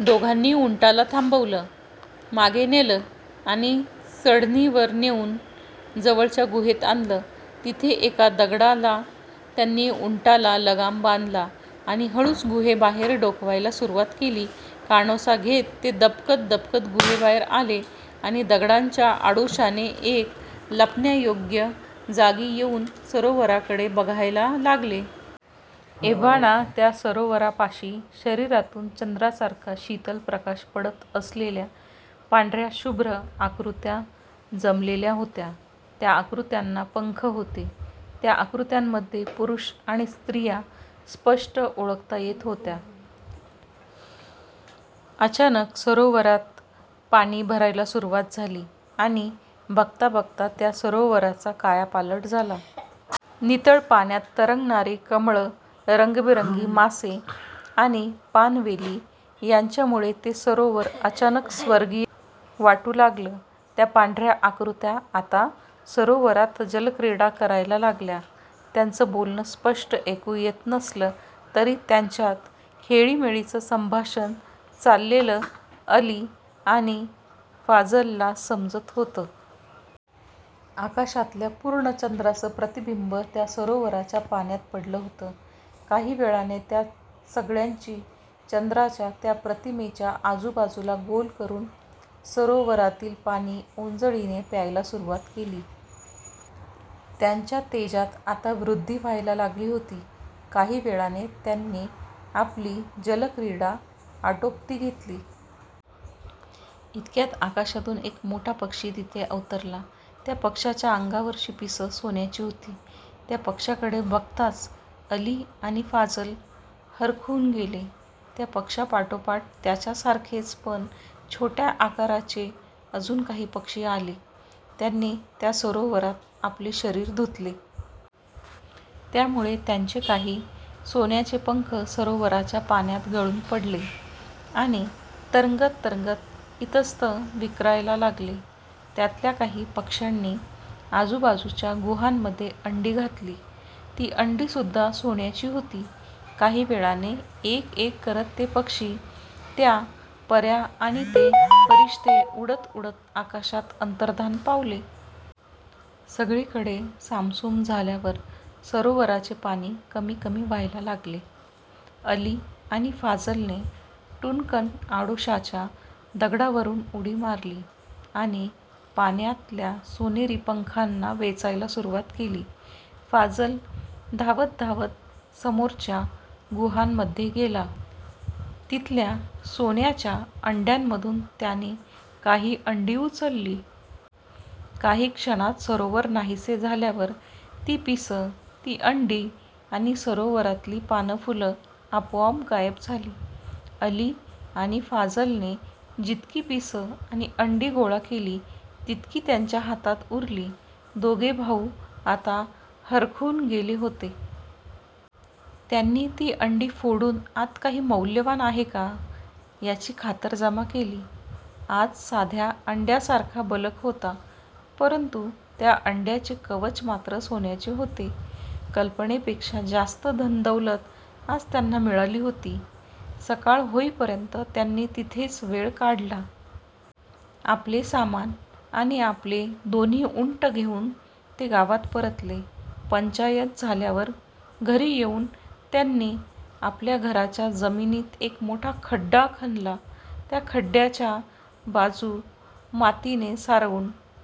दोघांनी उंटाला थांबवलं, मागे नेलं आणि चढणीवर नेऊन जवळच्या गुहेत आणलं. तिथे एका दगडाला त्यांनी उंटांचा लगाम बांधला आणि हळूच गुहेबाहेर डोकावायला सुरुवात केली. कानोसा घेत ते दबकत दबकत गुहेबाहेर आले आणि दगडांच्या आडोशाने एका लपण्यायोग्य जागी येऊन सरोवराकडे बघायला लागले. एव्हाना त्या सरोवरापाशी शरीरातून चंद्रासारखा शीतल प्रकाश पडत असलेल्या पांढऱ्या शुभ्र आकृत्या जमलेल्या होत्या. त्या आकृत्यांना पंख होते. त्या आकृत्यांमध्ये पुरुष आणि स्त्रिया स्पष्ट ओळखता येत होत्या. अचानक सरोवरात पाणी भरायला सुरुवात झाली आणि बघता बघता त्या सरोवराचा कायापालट झाला. नितळ पाण्यात तरंगणारी कमळं, रंगीबेरंगी मासे आणि पाणवेली यांच्यामुळे ते सरोवर अचानक स्वर्गीय वाटू लागलं. त्या पांढऱ्या आकृत्या आता सरोवरात जलक्रीडा करायला लागल्या. त्यांचं बोलणं स्पष्ट ऐकू येत नसलं, तरी त्यांच्यात खेळीमेळीचं संभाषण चाललेलं अली आणि फाझलला समजत होतं. आकाशातल्या पूर्ण चंद्राचं प्रतिबिंब त्या सरोवराच्या पाण्यात पडलं होतं. काही वेळाने त्या सगळ्यांनी चंद्राच्या त्या प्रतिमेच्या आजूबाजूला गोल करून सरोवरातील पाणी ओंजळीने प्यायला सुरुवात केली. त्यांच्या तेजात आता वृद्धी व्हायला लागली होती. काही वेळाने त्यांनी आपली जलक्रीडा आटोपती घेतली. इतक्यात आकाशातून एक मोठा पक्षी तिथे अवतरला. त्या पक्ष्याच्या अंगावरची पिसं सोन्याची होती. त्या पक्ष्याकडे बघताच अली आणि फाझल हरखून गेले. त्या पक्ष्यापाठोपाठ त्याच्यासारखेच पण छोट्या आकाराचे अजून काही पक्षी आले. त्यांनी त्या सरोवरात आपले शरीर धुतले. त्यामुळे त्यांचे काही सोन्याचे पंख सरोवराच्या पाण्यात गळून पडले आणि तरंगत तरंगत इतस्ततः विखरायला लागले. त्यातल्या काही पक्ष्यांनी आजूबाजूच्या गुहांमध्ये अंडी घातली. ती अंडी सुद्धा सोन्याची होती. काही वेळाने एक एक करत ते पक्षी, त्या पऱ्या आणि ते फरिश्ते उडत उडत आकाशात अंतर्धान पावले. सगळीकडे सामसूम झाल्यावर सरोवराचे पाणी कमी कमी व्हायला लागले. अली आणि फाझलने टुणकन आडोशाच्या दगडावरून उडी मारली आणि पाण्यातल्या सोनेरी पंखांना वेचायला सुरुवात केली. फाझल धावत धावत समोरच्या गुहांमध्ये गेला. तिथल्या सोन्याच्या अंड्यांमधून त्याने काही अंडी उचलली. काही क्षणात सरोवर नाहीसे झाल्यावर ती पिसं, ती अंडी आणि सरोवरातली पानंफुलं आपोआप गायब झाली. अली आणि फाझलने जितकी पिसं आणि अंडी गोळा केली तितकी त्यांच्या हातात उरली. दोघे भाऊ आता हरखून गेले होते. त्यांनी ती अंडी फोडून आत काही मौल्यवान आहे का, याची खातरजमा केली. आत साध्या अंड्यांसारखा बलक होता, परंतु त्या अंड्यांचे कवच मात्र सोन्याचे होते. कल्पनेपेक्षा जास्त धनदौलत आज त्यांना मिळाली होती. सकाळ होईपर्यंत त्यांनी तिथेच वेळ काढला. आपले सामान आणि आपले दोन्ही उंट घेऊन ते गावात परतले. पंचायत झाल्यावर घरी येऊन त्यांनी आपल्या घराच्या जमिनीत एक मोठा खड्डा खणला. त्या खड्ड्याच्या बाजू मातीने सारवून